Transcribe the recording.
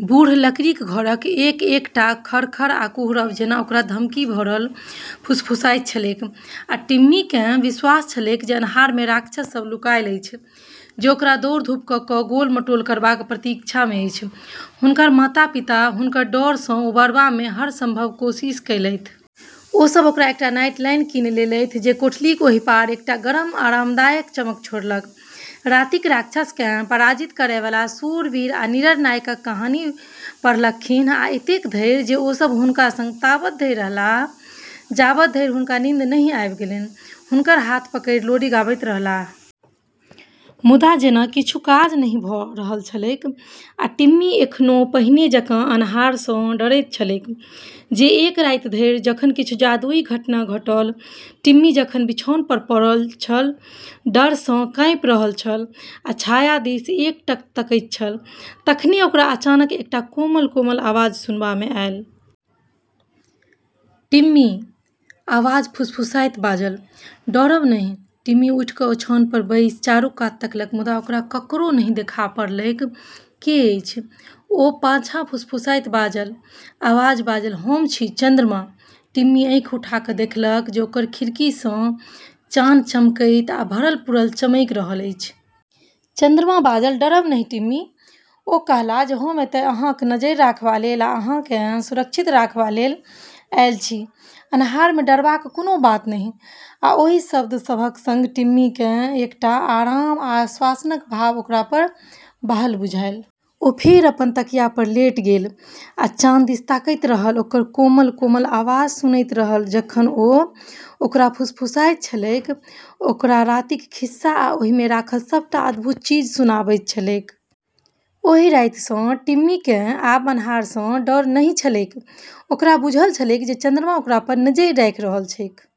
बूढ़ लकड़ीक घरक एक-एकटा खरखर आ कुहरब जेना ओकरा धमकी भरल फुसफुसाइत छलैक, आ टिम्मीकेँ विश्वास छलैक जे अन्हारमे राक्षस सभ लुकायल अछि, जे ओकरा दौड़-धूप क’ क’ गोल-मटोल करबाक प्रतीक्षामे अछि। हुनकर माता-पिता हुनकर डर सँ उबरबामे हर संभव कोशिश केलथि। ओ सभ ओकरा एकटा नाइटलाइट कीनि लेलथि जे कोठलीक ओहि पार एकटा गरम, आरामदायक चमक छोड़लक। रातिक राक्षसकेँ पराजित करय बला वीर शूरवीर आ निडर नायकक कहानी पढ़लखिन्ह। आ एतेक धरि जे ओ सभ हुनका संग ताबत धरि रहलाह जाबत धरि हुनका नींद नहि आबि गेलनि, हुनकर हाथ पकड़ि लोरी गबैत रहलाह। मुदा जेना किछु काज नहि भ’ रहल छलैक, आ टिम्मी एखनो पहिने जकाँ अन्हार सँ डरैत छलैक। जे एक राति धरि, जखन किछु जादुई घटना घटल। टिम्मी जखन बिछाओन पर पड़ल छल, डर सँ काँपि रहल छल आ छाया दिस एकटक तकैत छल, तखने ओकरा अचानक एकटा कोमल, कोमल आवाज सुनबामे आयल। "टिम्मी" आवाज फुसफुसाइत बाजल। "डरब नहि।" टिम्मी उठि क’ ओछाओन पर बैसि चारू कात तकलक, मुदा ओकरा ककरो नहि देखा पड़लैक। "के अछि?" ओ पाछाँ फुसफुसाइत बाजल। आवाज बाजल, "हम छी, चन्द्रमा।" टिम्मी आँखि उठा क’ देखलक जे ओकर खिड़की सँ चान चमकैत आ भरल-पूरल चमकि रहल अछि। चन्द्रमा बाजल, "डरब नहि टिम्मी।" ओ कहला जे हम एतय अहाँक नजरि राखबा लेल आ अहाँकेँ सुरक्षित राखबा लेल आयल छी। अन्हारमे डरबाक कोनो बात नहि। आ ओहि शब्द सभक संग टिम्मीकेँ एकटा आराम आ आश्वासनक भाव ओकरा पर बहल बुझायल। ओ फेर अपन तकिया पर लेट गेल आ चान दिस तकैत रहल, ओकर कोमल, कोमल आवाज सुनैत रहल जखन ओ ओकरा फुसफुसाइत छलैक, ओकरा रातिक खिस्सा आ ओहिमे राखल सभटा अद्भुत चीज सुनाबैत छलैक। ओहि राति सँ टिम्मीकेँ आब अन्हार सँ डर नहि छलैक। ओकरा बुझल छलैक जे चन्द्रमा ओकरा पर नजरि राखि रहल छैक।